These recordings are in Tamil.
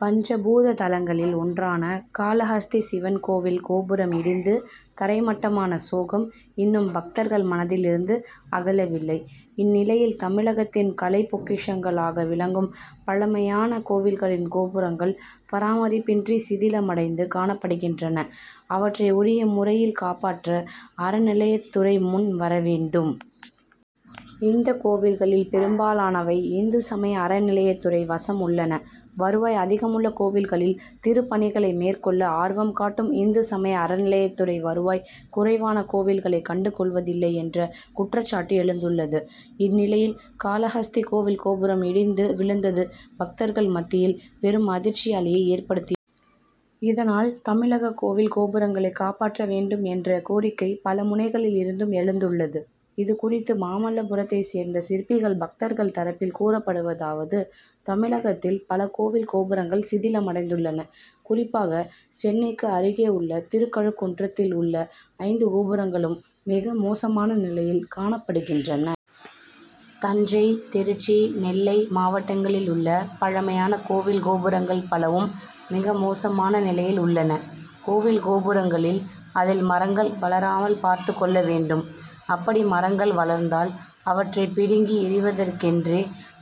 பஞ்ச பூத தலங்களில் ஒன்றான காளஹஸ்தி சிவன் கோவில் கோபுரம் இடிந்து தரை மட்டமான சோகம் இன்னும் பக்தர்கள் மனதில் இருந்து அகலவில்லை. இந்நிலையில் தமிழகத்தின் கலை பொக்கிஷங்களாக விளங்கும் பழமையான கோவில்களின் கோபுரங்கள் பராமரிப்பின்றி சிதிலமடைந்து காணப்படுகின்றன. அவற்றை உரிய முறையில் காப்பாற்ற அறநிலையத்துறை முன் வரவேண்டும். இந்த கோவில்களில் பெரும்பாலானவை இந்து சமய அறநிலையத்துறை வசம் உள்ளன. வருவாய் அதிகமுள்ள கோவில்களில் திருப்பணிகளை மேற்கொள்ள ஆர்வம் காட்டும் இந்து சமய அறநிலையத்துறை வருவாய் குறைவான கோவில்களை கண்டு கொள்வதில்லை என்ற குற்றச்சாட்டு எழுந்துள்ளது. இந்நிலையில் காளஹஸ்தி கோவில் கோபுரம் இடிந்து விழுந்தது பக்தர்கள் மத்தியில் பெரும் அதிர்ச்சி அலையை ஏற்படுத்தி இதனால் தமிழக கோவில் கோபுரங்களை காப்பாற்ற வேண்டும் என்ற கோரிக்கை பல முனைகளில் இருந்தும் எழுந்துள்ளது. இது குறித்து மாமல்லபுரத்தை சேர்ந்த சிற்பிகள் பக்தர்கள் தரப்பில் கூறப்படுவதாவது: தமிழகத்தில் பல கோவில் கோபுரங்கள் சிதலமடைந்துள்ளன. குறிப்பாக சென்னைக்கு அருகே உள்ள திருக்கழுக்குன்றத்தில் உள்ள ஐந்து கோபுரங்களும் மிக மோசமான நிலையில் காணப்படுகின்றன. தஞ்சை திருச்சி நெல்லை மாவட்டங்களில் உள்ள பழமையான கோவில் கோபுரங்கள் பலவும் மிக மோசமான நிலையில் உள்ளன. கோவில் கோபுரங்களில் அதில் மரங்கள் வளராமல் பார்த்துக் கொள்ள வேண்டும். அப்படி மரங்கள் வளர்ந்தால் அவற்றை பிடுங்கி எறிவதெற்கென்றே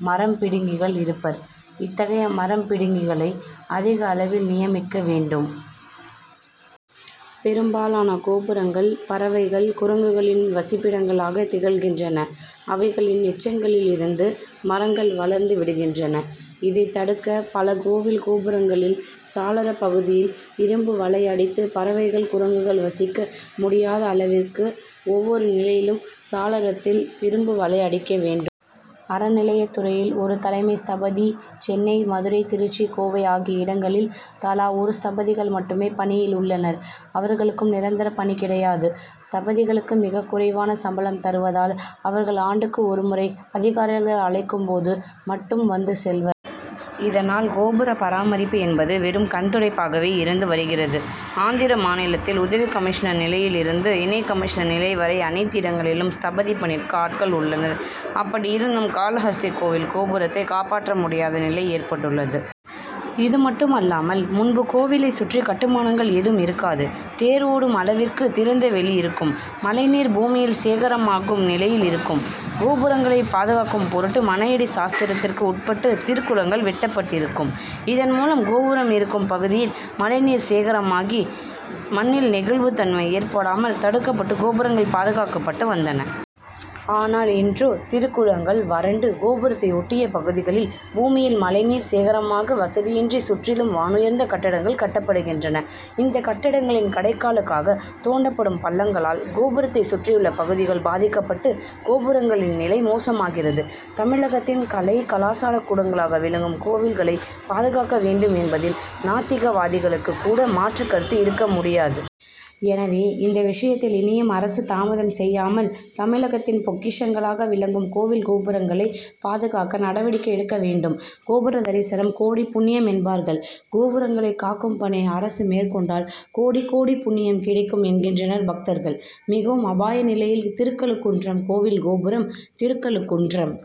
மரம் பிடுங்கிகள்' இருப்பர். இத்தகைய மரம் பிடிங்கிகளை' அதிக அளவில் நியமிக்க வேண்டும். பெரும்பாலான கோபுரங்கள் பறவைகள் குரங்குகளின் வசிப்பிடங்களாக திகழ்கின்றன. அவைகளின் எச்சங்களில் இருந்து மரங்கள் வளர்ந்து விடுகின்றன. இதை தடுக்க பல கோவில் கோபுரங்களில் சாளரப் பகுதியில் இரும்பு வலை அடித்து பறவைகள் குரங்குகள் வசிக்க முடியாத அளவிற்கு ஒவ்வொரு நிலையிலும் சாளரத்தில் இரும்பு வலை அடிக்க வேண்டும். அறநிலையத்துறையில் ஒரு தலைமை ஸ்தபதி சென்னை மதுரை திருச்சி கோவை ஆகிய இடங்களில் தலா ஒரு ஸ்தபதிகள் மட்டுமே பணியில் உள்ளனர். அவர்களுக்கும் நிரந்தர பணி கிடையாது. ஸ்தபதிகளுக்கு மிக குறைவான சம்பளம் தருவதால் அவர்கள் ஆண்டுக்கு ஒரு முறை அதிகாரிகள் அழைக்கும் போது மட்டும் வந்து செல்வர். இதனால் கோபுர பராமரிப்பு என்பது வெறும் கண்துடைப்பாகவே இருந்து வருகிறது. ஆந்திர மாநிலத்தில் உதவி கமிஷனர் நிலையில் இருந்து இணை கமிஷனர் நிலை வரை அனைத்து இடங்களிலும் ஸ்தபதி பணிக்கு ஆட்கள் உள்ளனர். அப்படி இருந்தும் காளஹஸ்தி கோவில் கோபுரத்தை காப்பாற்ற முடியாத நிலை ஏற்பட்டுள்ளது. இது மட்டுமல்லாமல் முன்பு கோவிலை சுற்றி கட்டுமானங்கள் ஏதும் இருக்காது. தேர் ஓடும் அளவிற்கு திறந்த வெளி இருக்கும். மழை நீர் பூமியில் சேகரமாகும் நிலையில் இருக்கும். கோபுரங்களை பாதுகாக்கும் பொருட்டு மனையடி சாஸ்திரத்திற்கு உட்பட்டு திருக்குளங்கள் வெட்டப்பட்டிருக்கும். இதன் மூலம் கோபுரம் இருக்கும் பகுதியில் மழை நீர் சேகரமாகி மண்ணில் நெகிழ்வு தன்மை ஏற்படாமல் தடுக்கப்பட்டு கோபுரங்கள் பாதுகாக்கப்பட்டு வந்தன. ஆனால் இன்றோ திருக்குளங்கள் வறண்டு கோபுரத்தை ஒட்டிய பகுதிகளில் பூமியில் மழை நீர் சேகரமாக வசதியின்றி சுற்றிலும் வானூயர்ந்த கட்டடங்கள் கட்டப்படுகின்றன. இந்த கட்டடங்களின் கடைக்காலுக்காக தோண்டப்படும் பள்ளங்களால் கோபுரத்தை சுற்றியுள்ள பகுதிகள் பாதிக்கப்பட்டு கோபுரங்களின் நிலை மோசமாகிறது. தமிழகத்தின் கலை கலாசார கூடங்களாக விளங்கும் கோவில்களை பாதுகாக்க வேண்டும் என்பதில் நாத்திகவாதிகளுக்கு கூட மாற்று கருத்து இருக்க முடியாது. எனவே இந்த விஷயத்தில் இனியும் அரசு தாமதம் செய்யாமல் தமிழகத்தின் பொக்கிஷங்களாக விளங்கும் கோவில் கோபுரங்களை பாதுகாக்க நடவடிக்கை எடுக்க வேண்டும். கோபுர தரிசனம்; கோடி புண்ணியம்' என்பார்கள். கோபுரங்களை காக்கும் பணியை அரசு மேற்கொண்டால் கோடி கோடி புண்ணியம் கிடைக்கும் என்கின்றனர் பக்தர்கள். மிகவும் அபாய நிலையில் திருக்கழுக்குன்றம் கோவில் கோபுரம்: திருக்கழுக்குன்றம்